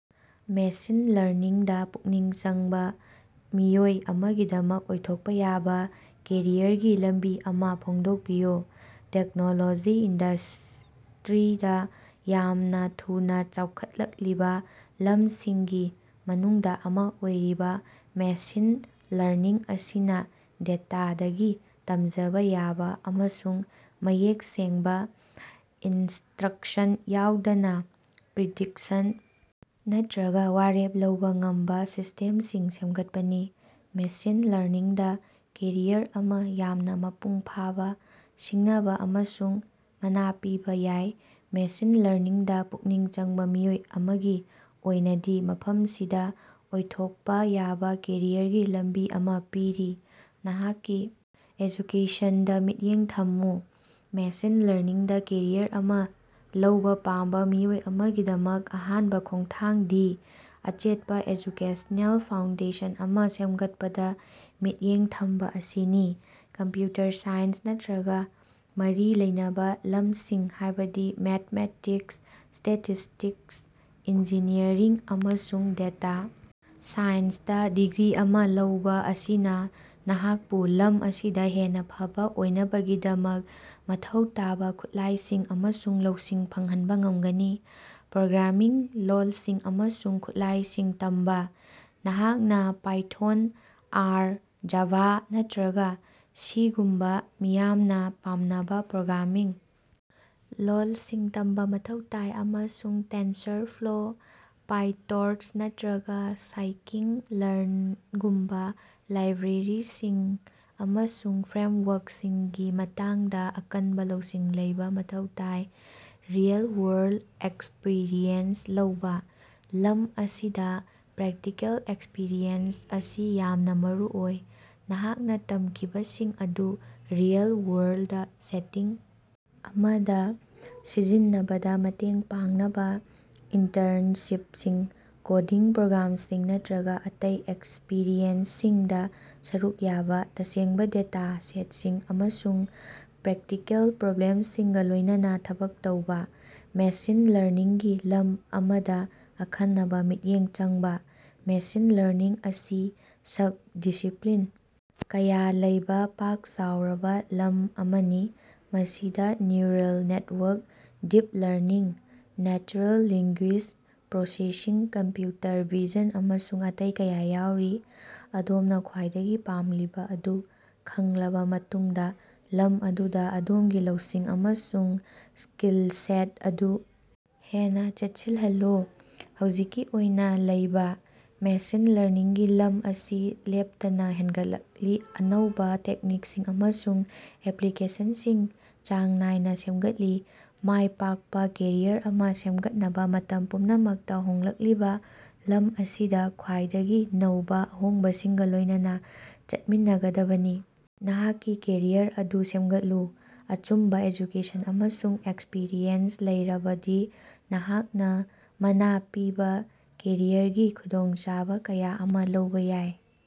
Machine ꯂꯔꯅꯤꯡꯗ ꯄꯨꯛꯅꯤꯡ ꯆꯪꯕ ꯃꯤꯑꯣꯏ ꯑꯃꯒꯤꯗꯃꯛ ꯑꯣꯏꯊꯣꯛꯄ ꯌꯥꯕ ꯀꯦꯔꯤꯌꯔꯒꯤ ꯂꯝꯕꯤ ꯑꯃ ꯐꯣꯡꯗꯣꯛꯄꯤꯌꯨ꯫ ꯇꯦꯛꯅꯣꯂꯣꯖꯤ ꯏꯟꯗꯁ꯭ꯠꯔꯤꯗ ꯌꯥꯝꯅ ꯊꯨꯅ ꯆꯥꯎꯈꯠꯂꯛꯂꯤꯕ ꯂꯝꯁꯤꯡꯒꯤ ꯃꯅꯨꯡꯗ ꯑꯃ ꯑꯣꯏꯔꯤꯕ ꯃꯦꯁꯤꯟ ꯂꯔꯅꯤꯡ ꯑꯁꯤꯅ ꯗꯦꯇꯥꯗꯒꯤ ꯇꯝꯖꯕ ꯌꯥꯕ ꯑꯃꯁꯨꯡ ꯃꯌꯦꯛ ꯁꯦꯡꯕ ꯏꯟꯁꯇ꯭ꯔꯛꯁꯟ ꯌꯥꯎꯗꯅ ꯄ꯭ꯔꯤꯗꯤꯛꯁꯟ ꯅꯠꯇ꯭ꯔꯒ ꯋꯥꯔꯦꯞ ꯂꯧꯕ ꯉꯝꯕ ꯁꯤꯁꯇꯦꯝꯁꯤꯡ ꯁꯦꯝꯒꯠꯄꯅꯤ꯫ ꯃꯦꯁꯤꯟ ꯂꯔꯅꯤꯡꯗ ꯀꯦꯔꯤꯌꯔ ꯑꯃ ꯌꯥꯝꯅ ꯃꯄꯨꯡ ꯐꯥꯕ, ꯁꯤꯡꯅꯕ ꯑꯃꯁꯨꯡ ꯃꯅꯥ ꯄꯤꯕ ꯌꯥꯏ꯫ ꯃꯦꯁꯤꯟ ꯂꯔꯅꯤꯡꯗ ꯄꯨꯛꯅꯤꯡ ꯆꯪꯕ ꯃꯤꯑꯣꯏ ꯑꯃꯒꯤ ꯑꯣꯏꯅꯗꯤ, ꯃꯐꯝꯁꯤꯗ ꯑꯣꯏꯊꯣꯛꯄ ꯌꯥꯕ ꯀꯦꯔꯤꯌꯔꯒꯤ ꯂꯝꯕꯤ ꯑꯃ ꯄꯤꯔꯤ: ꯅꯍꯥꯛꯀꯤ ꯑꯦꯖꯨꯀꯦꯁꯟꯗ ꯃꯤꯠꯌꯦꯡ ꯊꯝꯃꯨ: ꯃꯦꯁꯤꯟ ꯂꯔꯅꯤꯡꯗ ꯀꯦꯔꯤꯌꯔ ꯑꯃ ꯂꯧꯕ ꯄꯥꯝꯕ ꯃꯤꯑꯣꯏ ꯑꯃꯒꯤꯗꯃꯛ ꯑꯍꯥꯟꯕ ꯈꯣꯡꯊꯥꯡꯗꯤ ꯑꯆꯦꯠꯄ ꯑꯦꯖꯨꯀꯦꯁꯅꯦꯜ ꯐꯥꯎꯟꯗꯦꯁꯟ ꯑꯃ ꯁꯦꯝꯒꯠꯄꯗ ꯃꯤꯠꯌꯦꯡ ꯊꯝꯕ ꯑꯁꯤꯅꯤ꯫ ꯀꯝꯄ꯭ꯌꯨꯇꯔ ꯁꯥꯏꯟꯁ ꯅꯠꯇ꯭ꯔꯒ ꯃꯔꯤ ꯂꯩꯅꯕ ꯂꯝꯁꯤꯡ ꯍꯥꯏꯕꯗꯤ ꯃꯦꯊꯃꯦꯇꯤꯛꯁ, ꯁ꯭ꯇꯦꯇꯤꯁ꯭ꯇꯤꯛꯁ, ꯏꯟꯖꯤꯅꯤꯌꯔꯤꯡ ꯑꯃꯁꯨꯡ ꯗꯦꯇꯥ ꯁꯥꯏꯟꯁꯇ ꯗꯤꯒ꯭ꯔꯤ ꯑꯃ ꯂꯧꯕ ꯑꯁꯤꯅ ꯅꯍꯥꯛꯄꯨ ꯂꯝ ꯑꯁꯤꯗ ꯍꯦꯟꯅ ꯐꯕ ꯑꯣꯏꯅꯕꯒꯤꯗꯃꯛ ꯃꯊꯧ ꯇꯥꯕ ꯈꯨꯠꯂꯥꯏꯁꯤꯡ ꯑꯃꯁꯨꯡ ꯂꯧꯁꯤꯡ ꯐꯪꯍꯟꯕ ꯉꯝꯒꯅꯤ꯫ ꯄ꯭ꯔꯣꯒ꯭ꯔꯥꯃꯤꯡ ꯂꯣꯜꯁꯤꯡ ꯑꯃꯁꯨꯡ ꯈꯨꯠꯂꯥꯌꯡꯏꯁꯤꯡ ꯇꯝꯕ: ꯅꯍꯥꯛꯅ ꯄꯥꯏꯊꯣꯟ, ꯑꯥꯔ, ꯖꯥꯚꯥ ꯅꯠꯇ꯭ꯔꯒ ꯁꯤ ꯒꯨꯝꯕꯥ ꯃꯤꯌꯥꯝꯅ ꯄꯥꯝꯅꯕ ꯄ꯭ꯔꯣꯒ꯭ꯔꯥꯃꯤꯡ ꯂꯣꯜꯁꯤꯡ ꯇꯝꯕ ꯃꯊꯧ ꯇꯥꯏ ꯑꯃꯁꯨꯡ ꯇꯦꯟꯁꯔꯐ꯭ꯂꯣ, ꯄꯥꯏꯇꯣꯔꯆ ꯅꯠꯇ‌꯭ꯔꯒ ꯁꯥꯏꯀꯤꯠ-ꯂꯔꯅꯒꯨꯝꯕ ꯂꯥꯏꯕ꯭ꯔꯦꯔꯤꯁꯤꯡ ꯑꯃꯁꯨꯡ ꯐ꯭ꯔꯦꯝꯋꯥꯔꯛꯁꯤꯡꯒꯤ ꯃꯇꯥꯡꯗ ꯑꯀꯟꯕ ꯂꯧꯁꯤꯡ ꯂꯩꯕ ꯃꯊꯧ ꯇꯥꯏ꯫ ꯔꯤꯑꯦꯜ-ꯋꯥꯔꯜꯗ ꯑꯦꯛꯁꯄꯤꯔꯤꯑꯦꯟꯁ ꯂꯧꯕ: ꯂꯝ ꯑꯁꯤꯗ ꯄ꯭ꯔꯦꯛꯇꯤꯀꯦꯜ ꯑꯦꯛꯁꯄꯤꯔꯤꯑꯦꯟꯁ ꯑꯁꯤ ꯌꯥꯝꯅ ꯃꯔꯨꯑꯣꯏ꯫ ꯅꯍꯥꯛꯅ ꯇꯝꯈꯤꯕꯁꯤꯡ ꯑꯗꯨ ꯔꯤꯑꯦꯜ-ꯋꯥꯔꯜꯗ ꯁꯦꯇꯤꯡ ꯑꯃꯗ ꯁꯤꯖꯤꯟꯅꯕꯗ ꯃꯇꯦꯡ ꯄꯥꯡꯅꯕ ꯏꯟꯇꯔꯟꯁꯤꯞꯁꯤꯡ, ꯀꯣꯗꯤꯡ ꯄ꯭ꯔꯣꯒ꯭ꯔꯥꯝꯁꯤꯡ ꯅꯠꯇ꯭ꯔꯒ ꯑꯇꯩ ꯑꯦꯛꯁꯄꯤꯔꯤꯑꯦꯟꯁꯁꯤꯡꯗ ꯁꯔꯨꯛ ꯌꯥꯕ, ꯇꯁꯦꯡꯕ ꯗꯦꯇꯥ ꯁꯦꯠꯁꯤꯡ ꯑꯃꯁꯨꯡ ꯄ꯭ꯔꯦꯛꯇꯤꯀꯦꯜ ꯄ꯭ꯔꯣꯕ꯭ꯂꯦꯝꯁꯤꯡꯒ ꯂꯣꯏꯅꯅꯥ ꯊꯕꯛ ꯇꯧꯕ꯫ ꯃꯦꯁꯤꯟ ꯂꯔꯅꯤꯡ ꯒꯤ ꯂꯝ ꯑꯃꯗ ꯑꯈꯟꯅꯕ ꯃꯤꯠꯌꯦꯡ ꯆꯪꯕ: ꯃꯦꯁꯤꯟ ꯂꯔꯅꯤꯡ ꯑꯁꯤ ꯁꯕ-ꯗꯤꯁꯤꯄ꯭ꯂꯤꯟ ꯀꯌꯥ ꯂꯩꯕ ꯄꯥꯛ ꯆꯥꯎꯔꯕ ꯂꯝ ꯑꯃꯅꯤ꯫ ꯃꯁꯤꯗ neural network, deep learning, natural language processing, computer vision, ꯑꯃꯁꯨꯡ ꯑꯇꯩ ꯀꯌꯥ ꯌꯥꯎꯔꯤ꯫ ꯑꯗꯣꯝꯅ ꯈ꯭ꯋꯥꯏꯗꯒꯤ ꯄꯥꯝꯂꯤꯕ ꯑꯗꯨ ꯈꯪꯂꯕ ꯃꯇꯨꯡꯗ, ꯂꯝ ꯑꯗꯨꯗ ꯑꯗꯣꯝꯒꯤ ꯂꯧꯁꯤꯡ ꯑꯃꯁꯨꯡ ꯁ꯭ꯀꯤꯜꯁꯦꯠ ꯑꯗꯨ ꯍꯦꯟꯅ ꯆꯦꯠꯁꯤꯜꯍꯜꯂꯨ꯫ ꯍꯧꯖꯤꯛꯀꯤ ꯑꯣꯏꯅ ꯂꯩꯕ: ꯃꯦꯁꯤꯟ ꯂꯔꯅꯤꯡꯒꯤ ꯂꯝ ꯑꯁꯤ ꯂꯦꯞꯇꯅ ꯍꯦꯟꯒꯠꯂꯛꯂꯤ, ꯑꯅꯧꯕ ꯇꯦꯛꯅꯤꯛꯁꯤꯡ ꯑꯃꯁꯨꯡ ꯑꯦꯄ꯭ꯂꯤꯀꯦꯁꯟꯁꯤꯡ ꯆꯥꯡ ꯅꯥꯏꯅ ꯁꯦꯝꯒꯠꯂꯤ꯫ ꯃꯥꯏ ꯄꯥꯛꯄ ꯀꯦꯔꯤꯌꯔ ꯑꯃ ꯁꯦꯝꯒꯠꯅꯕ ꯃꯇꯝ ꯄꯨꯝꯅꯃꯛꯇ ꯍꯣꯡꯂꯛꯂꯤꯕ ꯂꯝ ꯑꯁꯤꯗ ꯈ꯭ꯋꯤꯏꯗꯒꯤ ꯅꯧꯕ ꯑꯍꯣꯡꯕꯁꯤꯡꯒ ꯂꯣꯏꯅꯅ ꯆꯠꯃꯤꯟꯅꯒꯗꯕꯅꯤ꯫ ꯅꯍꯥꯛꯀꯤ ꯀꯦꯔꯤꯌꯔ ꯑꯗꯨ ꯁꯦꯝꯒꯠꯂꯨ: ꯑꯆꯨꯝꯕ ꯑꯦꯖꯨꯀꯦꯁꯟ ꯑꯃꯁꯨꯡ ꯑꯦꯛꯁꯄꯤꯔꯤꯑꯦꯟꯁ ꯂꯩꯔꯕꯗꯤ, ꯅꯍꯥꯛꯅ ꯃꯅꯥ ꯄꯤꯕ ꯀꯦꯔꯤꯌꯔꯒꯤ ꯈꯨꯗꯣꯡꯆꯥꯕ ꯀꯌꯥ ꯑꯃ ꯂꯧꯕ ꯌꯥꯏ꯫